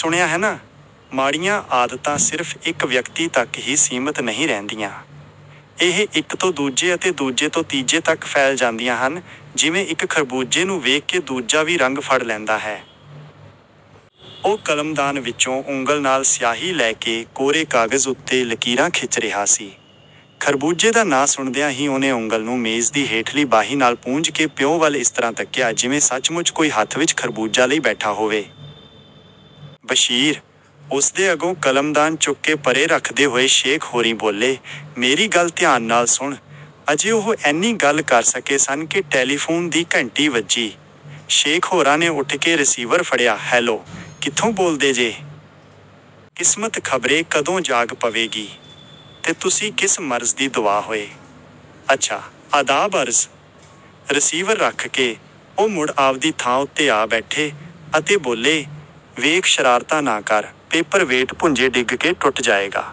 "ਸੁਣਿਆ ਹੈ ਨਾ? ਮਾੜੀਆਂ ਆਦਤਾਂ ਸਿਰਫ਼ ਇੱਕ ਵਿਅਕਤੀ ਤੱਕ ਹੀ ਸੀਮਤ ਨਹੀਂ ਰਹਿੰਦੀਆਂ। ਇਹ ਇੱਕ ਤੋਂ ਦੂਜੇ ਅਤੇ ਦੂਜੇ ਤੋਂ ਤੀਜੇ ਤੱਕ ਫੈਲ ਜਾਂਦੀਆਂ ਹਨ, ਜਿਵੇਂ ਇੱਕ ਖ਼ਰਬੂਜ਼ੇ ਨੂੰ ਵੇਖ ਕੇ ਦੂਜਾ ਵੀ ਰੰਗ ਫੜ ਲੈਂਦਾ ਹੈ।" ਉਹ ਕਲਮਦਾਨ ਵਿੱਚੋਂ ਉਂਗਲ ਨਾਲ ਸਿਆਹੀ ਲੈ ਕੇ ਕੋਰੇ ਕਾਗਜ਼ ਉੱਤੇ ਲਕੀਰਾਂ ਖਿੱਚ ਰਿਹਾ ਸੀ। ਖ਼ਰਬੂਜ਼ੇ ਦਾ ਨਾਂ ਸੁਣਦਿਆਂ ਹੀ ਉਹਨੇ ਉਂਗਲ ਨੂੰ ਮੇਜ਼ ਦੀ ਹੇਠਲੀ ਬਾਹੀ ਨਾਲ ਪੂੰਝ ਕੇ ਪਿਉ ਵੱਲ ਇਸ ਤਰ੍ਹਾਂ ਤੱਕਿਆ, ਜਿਵੇਂ ਸੱਚ-ਮੁੱਚ ਕੋਈ ਹੱਥ ਵਿਚ ਖ਼ਰਬੂਜ਼ਾ ਲਈ ਬੈਠਾ ਹੋਵੇ। "ਬਸ਼ੀਰ! " ਉਸ ਦੇ ਅਗੋਂ ਕਲਮਦਾਨ ਚੁੱਕ ਕੇ ਪਰੇ ਰੱਖਦੇ ਹੋਏ ਸ਼ੇਖ ਹੋਰੀਂ ਬੋਲੇ, "ਮੇਰੀ ਗੱਲ ਧਿਆਨ ਨਾਲ ਸੁਣ।" ਅਜੇ ਉਹ ਏਨੀ ਗੱਲ ਕਰ ਸਕੇ ਸਨ ਕਿ ਟੈਲੀਫ਼ੂਨ ਦੀ ਘੰਟੀ ਵੱਜੀ। ਸ਼ੇਖ ਹੋਰਾਂ ਨੇ ਉੱਠ ਕੇ ਰਿਸੀਵਰ ਫੜਿਆ, "ਹੈਲੋ, ਕਿਥੋਂ ਬੋਲਦੇ ਜੇ? ਕਿਸਮਤ ਖ਼ਬਰੇ ਕਦੋਂ ਜਾਗ ਪਵੇਗੀ। ਤੇ ਤੁਸੀਂ ਕਿਸ ਮਰਜ਼ ਦੀ ਦੁਆ ਹੋਏ। ਅੱਛਾ, ਆਦਾਬ-ਅਰਜ਼। ਰਿਸੀਵਰ ਰੱਖ ਕੇ ਉਹ ਮੁੜ ਆਪਦੀ ਥਾਂ ਉੱਤੇ ਆ ਬੈਠੇ ਅਤੇ ਬੋਲੇ, "ਵੇਖ ਸ਼ਰਾਰਤਾਂ ਨਾ ਕਰ, ਪੇਪਰ-ਵੇਟ ਭੁੰਜੇ ਡਿੱਗ ਕੇ ਟੁੱਟ ਜਾਏਗਾ।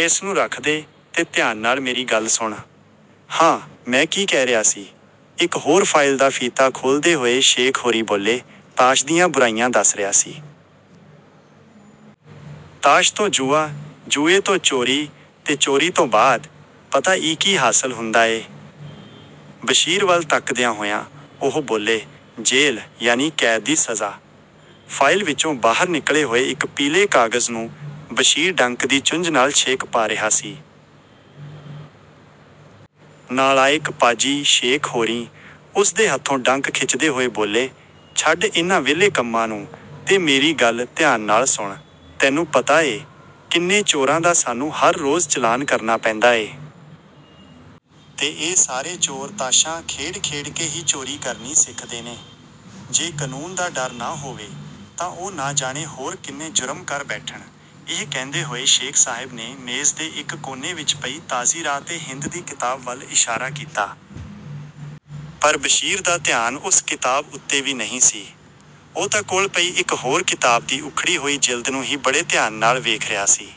ਏਸ ਨੂੰ ਰੱਖ ਦੇ ਤੇ ਧਿਆਨ ਨਾਲ ਮੇਰੀ ਗੱਲ ਸੁਣ। ਹਾਂ, ਮੈਂ ਕੀ ਕਹਿ ਰਿਹਾ ਸੀ? " ਇੱਕ ਹੋਰ ਫਾਈਲ ਦਾ ਫੀਤਾ ਖੋਲ੍ਹਦੇ ਹੋਏ ਸ਼ੇਖ ਹੋਰੀਂ ਬੋਲੇ, "ਤਾਸ਼ ਦੀਆਂ ਬੁਰਾਈਆਂ ਦੱਸ ਰਿਹਾ ਸੀ। ਤਾਸ਼ ਤੋਂ ਜੂਆ, ਜੂਏ ਤੋਂ ਚੋਰੀ, ਤੇ ਚੋਰੀ ਤੋਂ ਬਾਅਦ, ਪਤਾ ਈ ਕੀ ਹਾਸਲ ਹੁੰਦਾ ਏ? " ਬਸ਼ੀਰ ਵੱਲ ਤੱਕਦਿਆਂ ਹੋਇਆਂ ਉਹ ਬੋਲੇ, "ਜੇਲ੍ਹ, ਯਾਨੀ ਕੈਦ ਦੀ ਸਜ਼ਾ।" ਫਾਈਲ ਵਿਚੋਂ ਬਾਹਰ ਨਿਕਲੇ ਹੋਏ ਇੱਕ ਪੀਲੇ ਕਾਗਜ਼ ਨੂੰ ਬਸ਼ੀਰ ਡੰਕ ਦੀ ਚੁੰਝ ਨਾਲ ਛੇਕ ਪਾ ਰਿਹਾ ਸੀ। "ਨਾਲਾਇਕ, ਪਾਜੀ", ਸ਼ੇਖ ਹੋਰੀਂ ਉਸ ਦੇ ਹੱਥੋਂ ਡੰਕ ਖਿੱਚਦੇ ਹੋਏ ਬੋਲੇ, "ਛੱਡ ਇਨ੍ਹਾਂ ਵਿਹਲੇ ਕੰਮਾਂ ਨੂੰ ਤੇ ਮੇਰੀ ਗੱਲ ਧਿਆਨ ਨਾਲ ਸੁਣ। ਤੈਨੂੰ ਪਤਾ ਏ, ਕਿੰਨੇ ਚੋਰਾਂ ਦਾ ਸਾਨੂੰ ਹਰ ਰੋਜ਼ ਚਲਾਨ ਕਰਨਾ ਪੈਂਦਾ ਏ? ਤੇ ਇਹ ਸਾਰੇ ਚੋਰ ਤਾਸ਼ਾਂ ਖੇਡ-ਖੇਡ ਕੇ ਹੀ ਚੋਰੀ ਕਰਨੀ ਸਿੱਖਦੇ ਨੇ। ਜੇ ਕਾਨੂੰਨ ਦਾ ਡਰ ਨਾ ਹੋਵੇ, ਤਾਂ ਉਹ ਨਾ ਜਾਣੇ ਹੋਰ ਕਿੰਨੇ ਜੁਰਮ ਕਰ ਬੈਠਣ।" ਇਹ ਕਹਿੰਦੇ ਹੋਏ ਸ਼ੇਖ਼ ਸਾਹਿਬ ਨੇ ਮੇਜ਼ ਦੇ ਇੱਕ ਕੋਨੇ ਵਿੱਚ ਪਈ 'ਤਾਜ਼ੀਰਾਤ-ਏ-ਹਿੰਦ' ਦੀ ਕਿਤਾਬ ਵੱਲ ਇਸ਼ਾਰਾ ਕੀਤਾ। ਪਰ ਬਸ਼ੀਰ ਦਾ ਧਿਆਨ ਉਸ ਕਿਤਾਬ ਉੱਤੇ ਵੀ ਨਹੀਂ ਸੀ। ਉਹ ਤਾਂ ਕੋਲ ਪਈ ਇੱਕ ਹੋਰ ਕਿਤਾਬ ਦੀ ਉੱਖੜੀ ਹੋਈ ਜਿਲਦ ਨੂੰ ਹੀ ਬੜੇ ਧਿਆਨ ਨਾਲ ਵੇਖ ਰਿਹਾ ਸੀ।